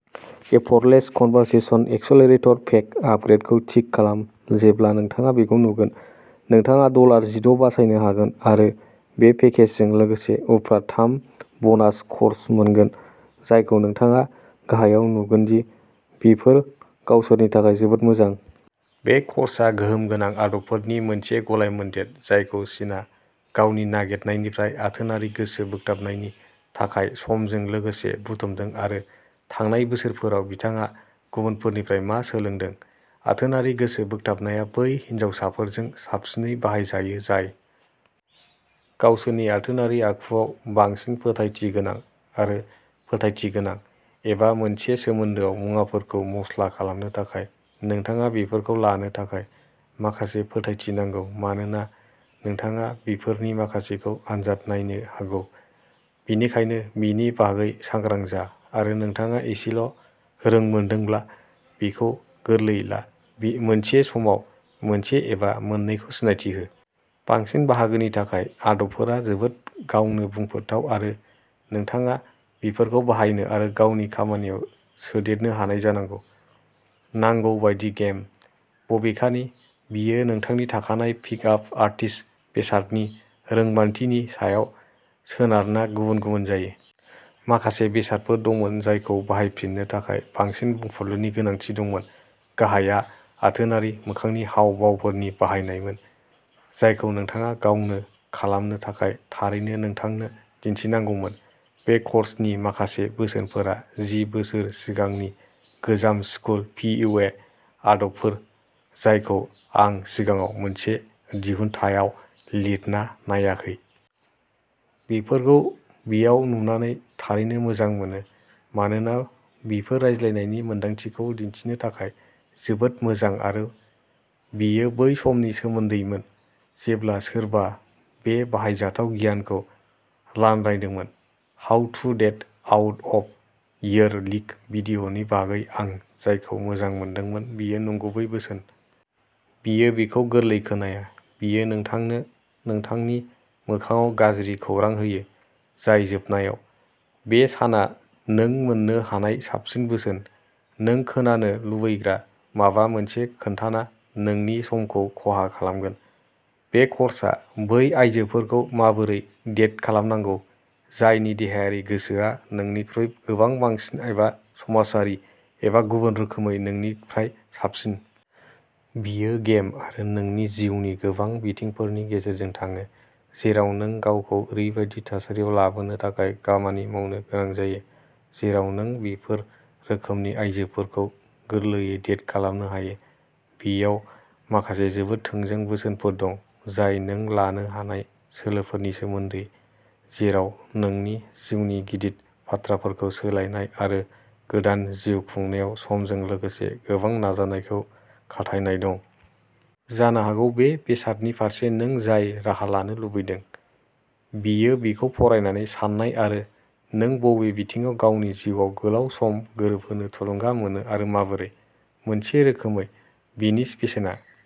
"Effortless conversation accelerator pack" आपग्रेदखौ tick खालाम जेब्ला नोंथाङा बेखौ नुगोन। नोंथाङा डलार जिद' बासायनो हागोन आरो बे पेकेजजों लोगोसे उफ्रा थाम ब'नास क'र्स मोनगोन, जायखौ नोंथाङा गाहायाव नुगोन दि बेफोर गावसोरनि थाखाय जोबोद मोजां। बे क'र्सआ गोहोम गोनां आदबफोरनि मोनसे गलायमोन्देर जायखौ सिनआ गावनि नागिरनायनिफ्राय आथोनारि गोसो बोगथाबनायनि थाखाय समजों लोगोसे बुथुमदों आरो थांनाय बोसोरफोराव बिथाङा गुबुनफोरनिफ्राय मा सोलोंदों। आथोनारि गोसो बोगथाबनाया बै हिनजावसाफोरजों साबसिनै बाहायजायो जाय गावसोरनि आथोनारि आखुआव बांसिन फोथायथि गोनां आरो फोथायथि गोनां एबा मोनसे सोमोन्दोआव मुवाफोरखौ मस्ला खालामनो थाखाय नोंथाङा बेफोरखौ लानो थाखाय माखासे फोथायथि नांगौ, मानोना नोंथाङा बेफोरनि माखासेखौ आनजाद नायनो हागौ, बेनिखायनो बेनि बागै सांग्रां जा आरो नोंथाङा एसेल' रोंमोन्दांब्ला बेखौ गोरलैयै ला, मोनसे समाव मोनसे एबा मोननैखौ सिनायथि हो। बांसिन बाहागोनि थाखाय, आदबफोरा जोबोद गावनो बुंफोरथाव आरो नोंथाङा बेफोरखौ बाहायनो आरो गावनि खामानियाव सोदेरनो हानाय जानांगौ। नांगौ बायदि 'गेम'। बबेखानि, बियो नोंथांनि थाखानाय पिक आप आर्टिस्ट बेसादनि रोंमोनदांथिनि सायाव सोनारना गुबुन-गुबुन जागोन। माखासे बेसादफोर दंमोन जायखौ बाहायफिननो थाखाय बांसिन बुंफुरलुनि गोनांथि दंमोन गाहायआ आथोनारि मोखांनि हाव भावफोरनि बाहायनायमोन, जायखौ नोंथाङा गावनो खालामनो थाखाय थारैनो नोंथांनो दिन्थिनांगौमोन। बे कर्सनि माखासे बोसोनफोरा जि बोसोर सिगांनि गोजाम स्कुल पि इउ ए आदबफोर जायखौ आं सिगाङाव मोनसे दिहुनथायाव लिरना नायाखै। बेफोरखौ बेयाव नुनानै थारैनो मोजां मोनो, मानोना बेफोर रायज्लायनायनि मोनदांथिखौ दिन्थिनो थाखाय जोबोद मोजां आरो बेयो बै समनि सोमोन्दैमोन जेब्ला सोरबा बे बाहायजाथाव गियानखौ रानलायदोंमोन। How to date out of your league भिडिय'नि बागै आं जायखौ मोजां मोनदोंमोन बेयो नंगुबै बोसोन। बेयो बेखौ गोरलै खोनाया, बेयो नोंथांनो नोंथांनि मोखांआव'गाज्रि खौरां'होयो। जाय जोबनायाव। बे साना नों मोन्नो हानाय साबसिन बोसोन। नों खोनानो लुबैग्रा माबा मोनसे खोन्थाना नोंनि समखौ खहा खालामगोन। बे कर्सआ बै आयजोफोरखौ माबोरै डेट खालामनांगौ जायनि देहायारि गोसोआ नोंनिख्रुइ गोबां बांसिन एबा समाजारि एबा गुबुन रोखोमै नोंनिफ्राय साबसिन। बियो'गेम' आरो नोंनि जिउनि गोबां बिथिंफोरनि गेजेरजों थाङो, जेराव नों गावखौ ओरैबायदि थासारियाव लाबोनो थाखाय खामानि मावनो गोनां जायो, जेराव नों बेफोर रोखोमनि आयजोफोरखौ गोरलैयै डेट खालामनो हायो। बेयाव माखासे जोबोद थोंजों बोसोनफोर दं, जाय नों लानो हानाय सोलोफोरनि सोमोन्दै, जेराव नोंनि जिउनि गिदिर बाथ्राफोरखौ सोलायनाय आरो गोदान जिउ खुंनायाव समजों लोगोसे गोबां नाजानायखौ खाथायनाय दं। जानो हागौ बे बेसादनि फारसे नों जाय राहा लानो लुबैदों, बेयो बेखौ फरायनानै सान्नाय आरो नों बबे बिथिङाव गावनि जिउआव गोलाव सम गोरोबहोनो थुलुंगा मोनो आरो माबोरै। मोनसे रोखोमै, बेनि बेसेना।